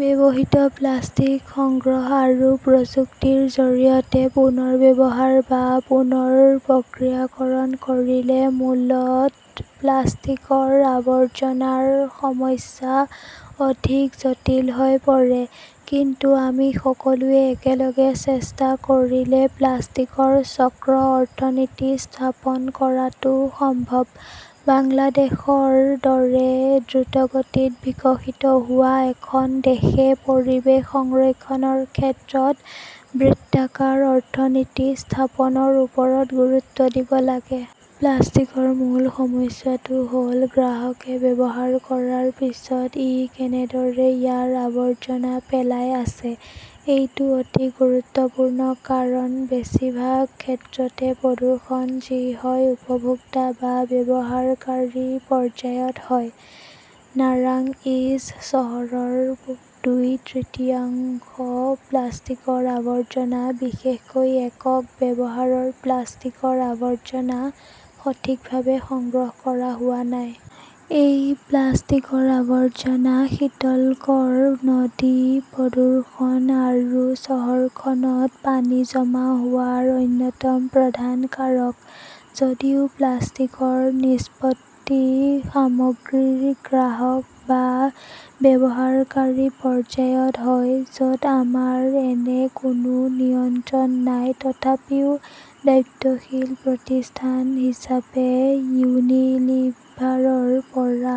ব্যৱহৃত প্লাষ্টিক সংগ্ৰহ আৰু প্ৰযুক্তিৰ জৰিয়তে পুনৰ ব্যৱহাৰ বা পুনৰ প্ৰক্ৰিয়াকৰণ কৰিলে মূলত প্লাষ্টিকৰ আৱৰ্জনাৰ সমস্যা অধিক জটিল হৈ পৰে। কিন্তু আমি সকলোৱে একেলগে চেষ্টা কৰিলে প্লাষ্টিকৰ চক্ৰ অৰ্থনীতি স্থাপন কৰাটো সম্ভৱ। বাংলাদেশৰ দৰে দ্ৰুতগতিত বিকশিত হোৱা এখন দেশে পৰিৱেশ সংৰক্ষণৰ ক্ষেত্ৰত বৃত্তাকাৰ অৰ্থনীতি স্থাপনৰ ওপৰত গুৰুত্ব দিব লাগে। প্লাষ্টিকৰ মূল সমস্যাটো হ’ল গ্ৰাহকে ব্যৱহাৰ কৰাৰ পিছত ই কেনেদৰে ইয়াৰ আৱৰ্জনা পেলাই আছে। এইটো অতি গুৰুত্বপূৰ্ণ কাৰণ-বেছিভাগ ক্ষেত্ৰতে প্ৰদূষণ যি হয় উপভোক্তা বা ব্যৱহাৰকাৰী পৰ্যায়ত হয়। নাৰাংইজ চহৰৰ দুই তৃতীয়াংশ প্লাষ্টিকৰ আৱৰ্জনা, বিশেষকৈ একক ব্যৱহাৰৰ প্লাষ্টিকৰ আৱৰ্জনা সঠিকভাৱে সংগ্ৰহ কৰা হোৱা নাই। এই প্লাষ্টিকৰ আৱৰ্জনা শীতলকৰ নদী প্ৰদূষণ আৰু চহৰখনত পানী জমা হোৱাৰ অন্যতম প্ৰধান কাৰক। যদিও প্লাষ্টিকৰ নিষ্পত্তি সামগ্ৰীৰ গ্ৰাহক বা ব্যৱহাৰকাৰী পৰ্যায়ত হয়, য 'ত আমাৰ এনে কোনো নিয়ন্ত্ৰণ নাই। তথাপিও দায়িত্বশীল প্ৰতিষ্ঠান হিচাপে ইউনিলিভাৰৰ পৰা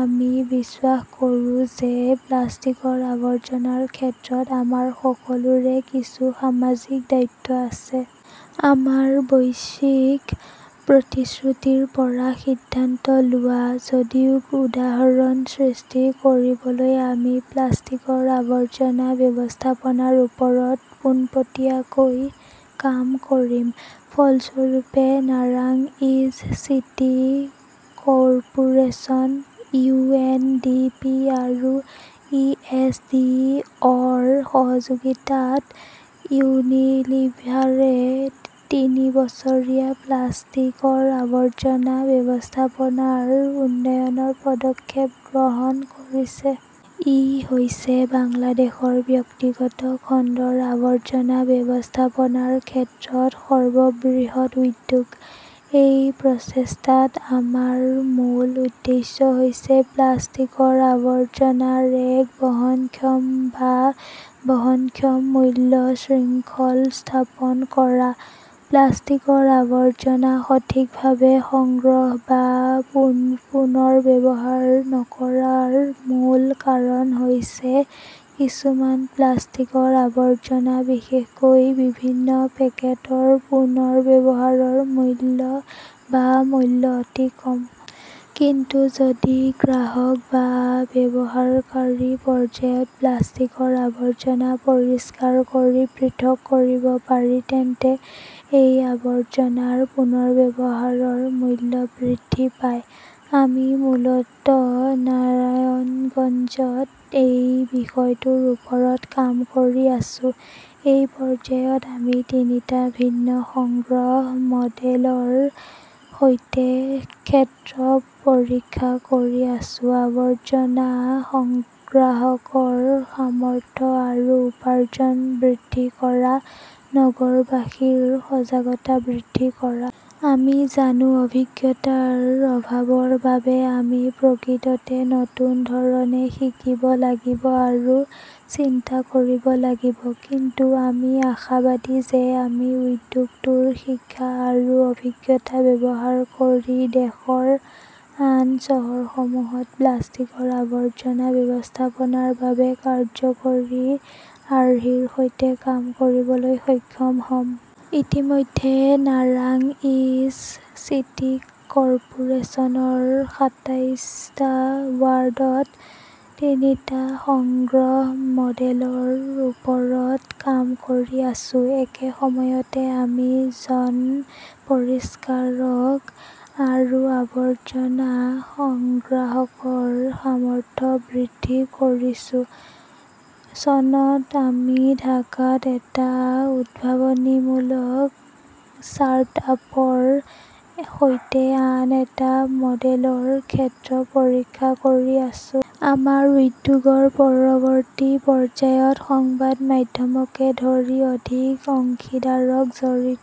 আমি বিশ্বাস কৰোঁ যে প্লাষ্টিকৰ আৱৰ্জনাৰ ক্ষেত্ৰত আমাৰ সকলোৰে কিছু সামাজিক দায়িত্ব আছে। আমাৰ বৈশ্বিক প্ৰতিশ্ৰুতিৰ পৰা সিদ্ধান্ত লোৱা, যদিও উদাহৰণ সৃষ্টি কৰিবলৈ আমি প্লাষ্টিকৰ আৱৰ্জনা ব্যৱস্থাপনাৰ ওপৰত পোনপটীয়াকৈ কাম কৰিম। ফলস্বৰূপে, নাৰাংইজ city corporation, U. N. D. P. আৰু ই. এছ. ডি. অ. ৰ সহযোগিতাত ইউনিলিভাৰে তিনি বছৰীয়া প্লাষ্টিকৰ আৱৰ্জনা ব্যৱস্থাপনাৰ উন্নয়নৰ পদক্ষেপ গ্ৰহণ কৰিছে। ই হৈছে বাংলাদেশৰ ব্যক্তিগত খণ্ডৰ আৱৰ্জনা ব্যৱস্থাপনাৰ ক্ষেত্ৰত সৰ্ববৃহৎ উদ্যোগ। এই প্ৰচেষ্টাত আমাৰ মূল উদ্দেশ্য হৈছে প্লাষ্টিকৰ আৱৰ্জনাৰ এক বহনক্ষম বা বহনক্ষম মূল্য শৃংখল স্থাপন কৰা। প্লাষ্টিকৰ আৱৰ্জনা সঠিকভাৱে সংগ্ৰহ বা পুনৰ্ব্যৱহাৰ নকৰাৰ মূল কাৰণ হৈছে কিছুমান প্লাষ্টিকৰ আৱৰ্জনা বিশেষকৈ বিভিন্ন পেকেটৰ পুনৰ্ব্যৱহাৰৰ মূল্য বা মূল্য অতি কম। কিন্তু যদি গ্ৰাহক বা ব্যৱহাৰকাৰী পৰ্যায়ত প্লাষ্টিকৰ আৱৰ্জনা পৰিষ্কাৰ কৰি পৃথক কৰিব পাৰি, তেন্তে এই আৱৰ্জনাৰ পুনৰ্ব্যৱহাৰৰ মূল্য বৃদ্ধি পায়। আমি মূলত নাৰায়ণগঞ্জত এই বিষয়টোৰ ওপৰত কাম কৰি আছো। এই পৰ্যায়ত আমি তিনিটা ভিন্ন সংগ্ৰহ মডেলৰ সৈতে ক্ষেত্ৰ পৰীক্ষা কৰি আছো-আৱৰ্জনা সংগ্ৰাহকৰ সামৰ্থ্য আৰু উপাৰ্জন বৃদ্ধি কৰা, নগৰবাসীৰ সজাগতা বৃদ্ধি কৰা। আমি জানো, অভিজ্ঞতাৰ অভাৱৰ বাবে আমি প্ৰকৃততে নতুন ধৰণে শিকিব লাগিব আৰু চিন্তা কৰিব লাগিব। কিন্তু আমি আশাবাদী যে আমি উদ্যোগটোৰ শিক্ষা আৰু অভিজ্ঞতা ব্যৱহাৰ কৰি দেশৰ আন চহৰসমূহত প্লাষ্টিকৰ আৱৰ্জনা ব্যৱস্থাপনাৰ বাবে কাৰ্য্যকৰী আৰ্হিৰ সৈতে কাম কৰিবলৈ সক্ষম হ'ম। আমি ইতিমধ্যে নাৰাংইজ চিটি কৰ্পোৰেচনৰ সাতাইশ টা ৱাৰ্ডত তিনিটা সংগ্ৰহ মডেলৰ ওপৰত কাম কৰি আছো। একে সময়তে আমি জন পৰিষ্কাৰক আৰু আৱৰ্জনা সংগ্ৰাহকৰ সামৰ্থ্য বৃদ্ধি কৰিছো। চনত আমি ঢাকাত এটা উদ্ভাৱনীমূলক ষ্টাৰ্টআপৰ সৈতে আন এটা মডেলৰ ক্ষেত্ৰ পৰীক্ষা কৰি আছো। আমাৰ উদ্যোগৰ পৰৱৰ্তী পৰ্যায়ত সংবাদ মাধ্যমকে ধৰি অধিক অংশীদাৰক জড়িত।